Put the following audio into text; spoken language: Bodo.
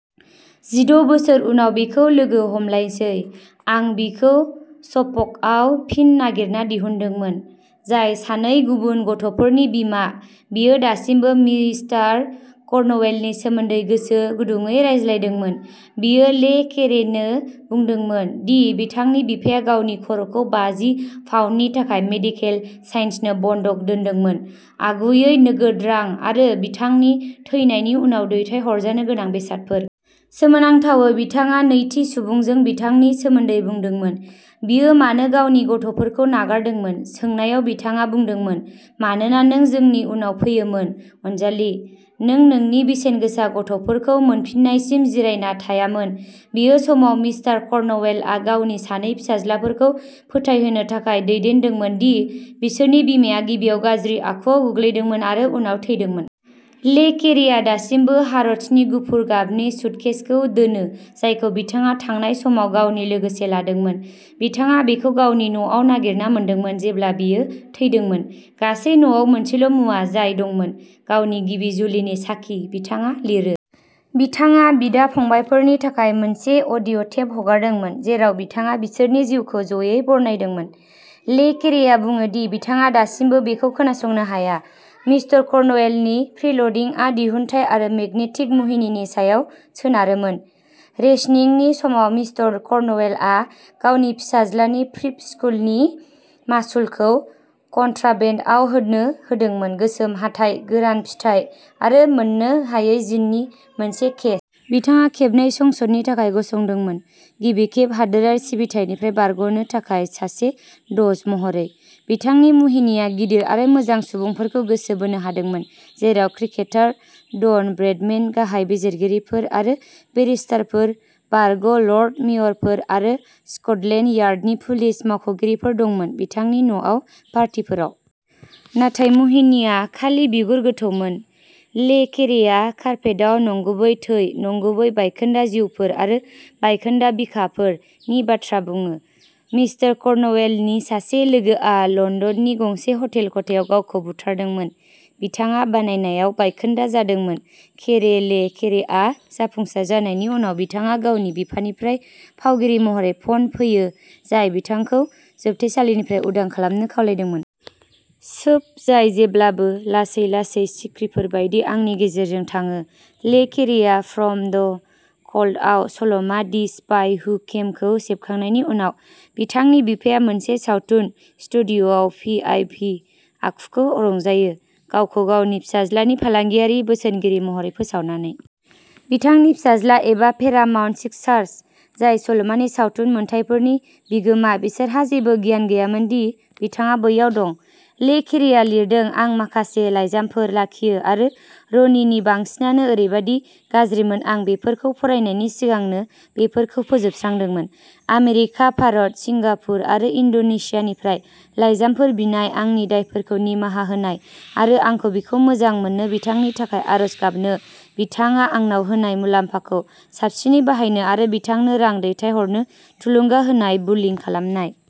जिद' बोसोर उनाव बिखौ लोगो हमलायसै। आं बिखौ सफ'कआव फिन नागिरना दिहुनदोंमोन जाय सानै गुबुन गथ'फोरनि बिमा बियो दासिमबो मिस्टार कर्नवेलनि सोमोन्दै गोसो गुदुंयै रायज्लायदोंमोन। बियो ले केरेनो बुंदोंमोन दि बिथांनि बिफाया गावनि खर'खौ बाजि पाउन्दनि थाखाय मेडिकेल साइन्सनो बन्धक दोन्दोंमोन आगुयै नोगोद रां आरो बिथांनि थैनायनि उनाव दैथायहरजानो गोनां बेसादफोर। सोमोनांथावै बिथाङा नैथि सुबुंजों बिथांनि सोमोन्दै बुंदोंमोन। बियो मानो गावनि गथ'फोरखौ नागारदोंमोन सोंनायाव बिथाङा बुंदोंमोन मानोना नों जोंनि उनाव फैयोमोन अनजालि। नों नोंनि बेसेनगोसा गथ'फोरखौ मोनफिन्नायसिम जिरायना थायामोन। बे समाव मिस्टार कर्नवेलआ गावनि सानै फिसाज्लाफोरखौ फोथायहोनो थाखाय दैदेनदोंमोन दि बिसोरनि बिमाया गिबियाव गाज्रि आखुआव गोग्लैदोंमोन आरो उनाव थैदोंमोन। ले केरेआ दासिमबो हार'ड्सनि गुफुर गाबनि सुटकेसखौ दोनो जायखौ बिथाङा थांनाय समाव गावनि लोगोसे लादोंमोन। बिथाङा बेखौ गावनि न'आव नागिरना मोनदोंमोन जेब्ला बियो थैदोंमोन। गासै न'आव मोनसेल'मुवा जाय दंमोन। गावनि गिबि जुलिनि साखि बिथाङा लिरो। बिथाङा बिदा फंबायफोरनि थाखाय मोनसे अडिअ'टेप हगारदोंमोन जेराव बिथाङा बिसोरनि जिउखौ ज'यै बरनायदोंमोन। ले केरेआ बुङो दि बिथाङा दासिमबो बेखौ खोनासंनो हाया। मिस्टर कर्नवेलनि फ्रील'डिंआ दिहुनथाइ आरो मेगनेटिक मुहिनिनि सायाव सोनारोमोन। रेशनिंनि समाव मिस्टर कर्नवेलआ गावनि फिसाज्लानि प्रिप स्कूलनि मासुलखौ कन्ट्राबेन्डआव होनो हादोंमोन गोसोम हाथाइ गोरान फिथाइ आरो मोननो हायै जिननि मोनसे केस। बिथाङा खेबनै संसदनि थाखाय गसंदोंमोन गिबि खेब हादोरारि सिबिथाइनिफ्राय बारग'नो थाखाय सासे द'ज महरै। बिथांनि मुहिनिआ गिदिर आरो मोजां सुबुंफोरखौ गोसो बोनो हादोंमोन जेराव क्रिकेटर डन ब्रैडमेन गाहाय बिजिरगिरिफोर आरो बेरिस्टारफोर बारग'लर्ड मेयरफोर आरो स्क'टलेन्ड यार्डनि पुलिस मावख'गिरिफोर दंमोन बिथांनि न'आव पार्टीफोराव। नाथाय मुहिनिआ खालि बिगुर गोथौमोन। ले केरेया कार्पेटआव नंगुबै थै नंगुबै बायखोन्दा जिउफोर आरो बायखोन्दा बिखाफोर नि बाथ्रा बुङो। मिस्टर कर्नवेलनि सासे लोगोआ लन्दननि गंसे हटेल खथायाव गावखौ बुथारदोंमोन। बिथाङा बानायनायाव बायखोन्दा जादोंमोन केरे ले केरेआ जाफुंसार जानायनि उनाव बिथाङा गावनि बिफानिफ्राय फावगिरि महरै फन फैयो जाय बिथांखौ जोबथेसालिनिफ्राय उदां खालामनो खावलायदोंमोन। सोब जाय जेब्लाबो लासै लासै सिख्रिफोर बायदि आंनि गेजेरजों थाङो। ले केरेआ फ्रम द क'ल्डआव सल'मा दि स्पाइ हु केमखौ सेबखांनायनि उनाव बिथांनि बिफाया मोनसे सावथुन स्टुडिय'आव भि आइ पि आखुखौ रंजायो गावखौ गावनि फिसाज्लानि फालांगियारि बोसोनगिरि महरै फोसावनानै। बिथांनि फिसाज्ला एबा पेरामाउन्ट पिक्चार्स जाय सल'मानि सावथुन मोनथायफोरनि बिगोमा बिसोरहा जेबो गियान गैयामोन दि बिथाङा बैयाव दं। ले केरेआ लिरदों आं माखासे लाइजामफोर लाखियो आरो र'नीनि बांसिनानो ओरैबादि गाज्रिमोन आं बेफोरखौ फरायनायनि सिगांनो बेफोरखौ फोजोबस्रांदोंमोन आमेरिका भारत सिंगापुर आरो इन्ड'नेसियानिफ्राय लाइजामफोर बिनाय आंनि दायफोरखौ निमाहा होनाय आरो आंखौ बिखौ मोजां मोननो बिथांनि थाखाय आरज गाबनो बिथाङा आंनाव होनाय मुलाम्फाखौ साबसिनै बाहायनो आरो बिथांनो रां दैथायहरनो थुलुंगा होनाय बुलिं खालामनाय।